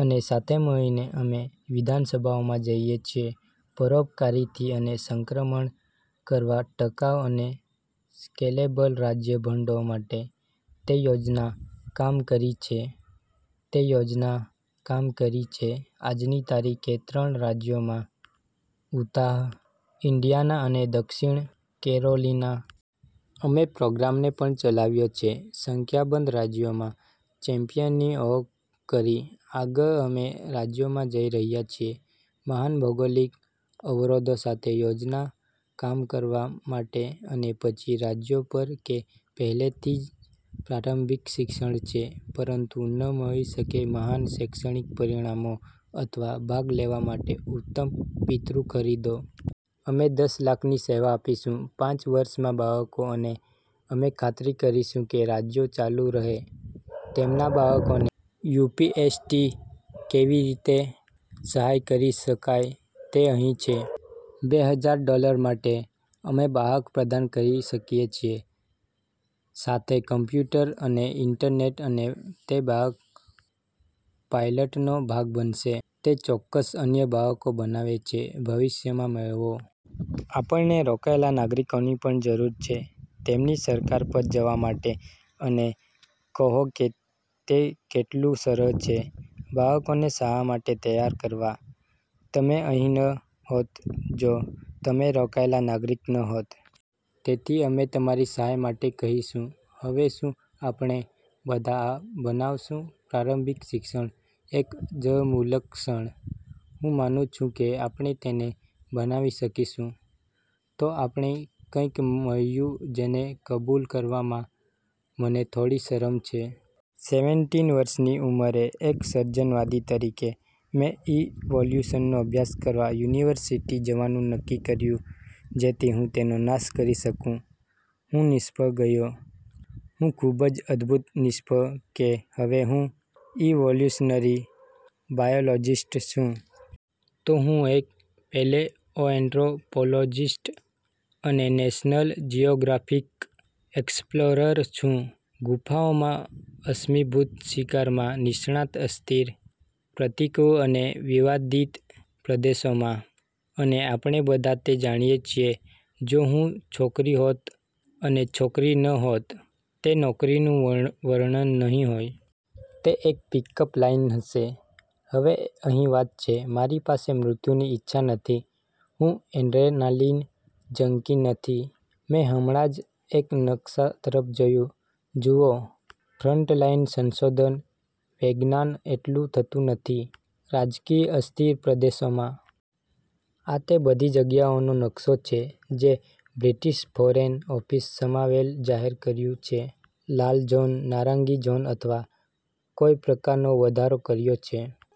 અને સાથે મળીને અમે વિધાનસભાઓમાં જઈએ છીએ પરોપકારીથી ને સંક્રમણ કરવા ટકાઉ અને સ્કેલેબલ રાજ્ય ભંડોળ માટે. તે યોજના કામ કરી છે. તે યોજના કામ કરી છે આજની તારીખે ત્રણ રાજ્યોમાં: ઉતાહ, ઇન્ડિયાના અને દક્ષિણ કેરોલિના. અમે પ્રોગ્રામને પણ ચલાવ્યો છે સંખ્યાબંધ રાજ્યોમાં અને ચેમ્પિયનની ઓળખ કરી. આગળ, અમે રાજ્યોમાં જઈ રહ્યા છીએ મહાન ભૌગોલિક અવરોધો સાથે યોજના કામ કરવા માટે અને પછી રાજ્યો પર કે પહેલેથી જ પ્રારંભિક શિક્ષણ છે પરંતુ ન મળી શકે મહાન શૈક્ષણિક પરિણામો અથવા ભાગ લેવા માટે ઉત્તમ પિતૃ ખરીદો. અમે દસ લાખની સેવા આપીશું પાંચ વર્ષમાં બાળકો અને અમે ખાતરી કરીશું કે રાજ્યો ચાલુ રહે તેમના બાળકોને યુ.પી.એસ.ટી. કેવી રીતે સહાય કરી શકાય તે અહીં છે. બે હજાર ડોલર માટે અમે બાળક પ્રદાન કરી શકીએ છીએ સાથે કમ્પ્યુટર અને ઇન્ટરનેટ અને તે બાળક પાઇલટનો ભાગ બનશે તે ચોક્કસ અન્ય બાળકો બનાવે છે ભવિષ્યમાં મેળવો. આપણને રોકાયેલા નાગરિકોની પણ જરૂર છે તેમની સરકાર પર જવા માટે અને કહો કે તે કેટલું સરળ છે બાળકોને શાળા માટે તૈયાર કરવા. તમે અહીં ન હોત જો તમે રોકાયેલા નાગરિક ન હોત. તેથી અમે તમારી સહાય માટે કહીશું. હવે, શું આપણે બધા આ બનાવશું? પ્રારંભિક શિક્ષણ એક જળમૂલક ક્ષણ? હું માનું છું કે આપણે તેને બનાવી શકીશું. તો મને કંઈક મળ્યું જેને કબૂલ કરવામાં મને થોડી શરમ છે. સેવેનટીન વર્ષની ઉંમરે એક સર્જનવાદી તરીકે, મેં ઇવોલ્યુશનનો અભ્યાસ કરવા યુનિવર્સિટી જવાનું નક્કી કર્યું જેથી હું તેનો નાશ કરી શકું. હું નિષ્ફળ ગયો. હું ખૂબ જ અદભૂત નિષ્ફળ કે હવે હું ઇવોલ્યુશનરી બાયોલોજિસ્ટ છું. તો હું એક પેલેઓએન્ટ્રોપોલોજિસ્ટ અને નેશનલ જિયોગ્રાફિક એક્સપ્લોરર છું. ગુફાઓમાં અશ્મિભૂત શિકારમાં નિષ્ણાત અસ્થિર, પ્રતિકૂળ અને વિવાદિત પ્રદેશોમાં. અને આપણે બધા તે જાણીએ છીએ જો હું છોકરી હોત અને છોકરી ન હોત, તે નોકરીનું વર્ણન નહીં હોય. તે એક પિક-અપ લાઇન હશે. હવે, અહીં વાત છે. મારી પાસે મૃત્યુની ઇચ્છા નથી. હું એડ્રેનાલિન જંકી નથી. મેં હમણાં જ એક નકશા તરફ જોયું. જુઓ, ફ્રન્ટલાઈન સંશોધન વૈજ્ઞાન એટલું થતું નથી રાજકીય અસ્થિર પ્રદેશોમાં. આ તે બધી જગ્યાઓનો નકશો છે જે બ્રિટીશ ફોરેન ઓફિસ સમાવેલ જાહેર કર્યું છે લાલ ઝોન, નારંગી ઝોન અથવા કોઈ પ્રકારનો વધારો કર્યો છે.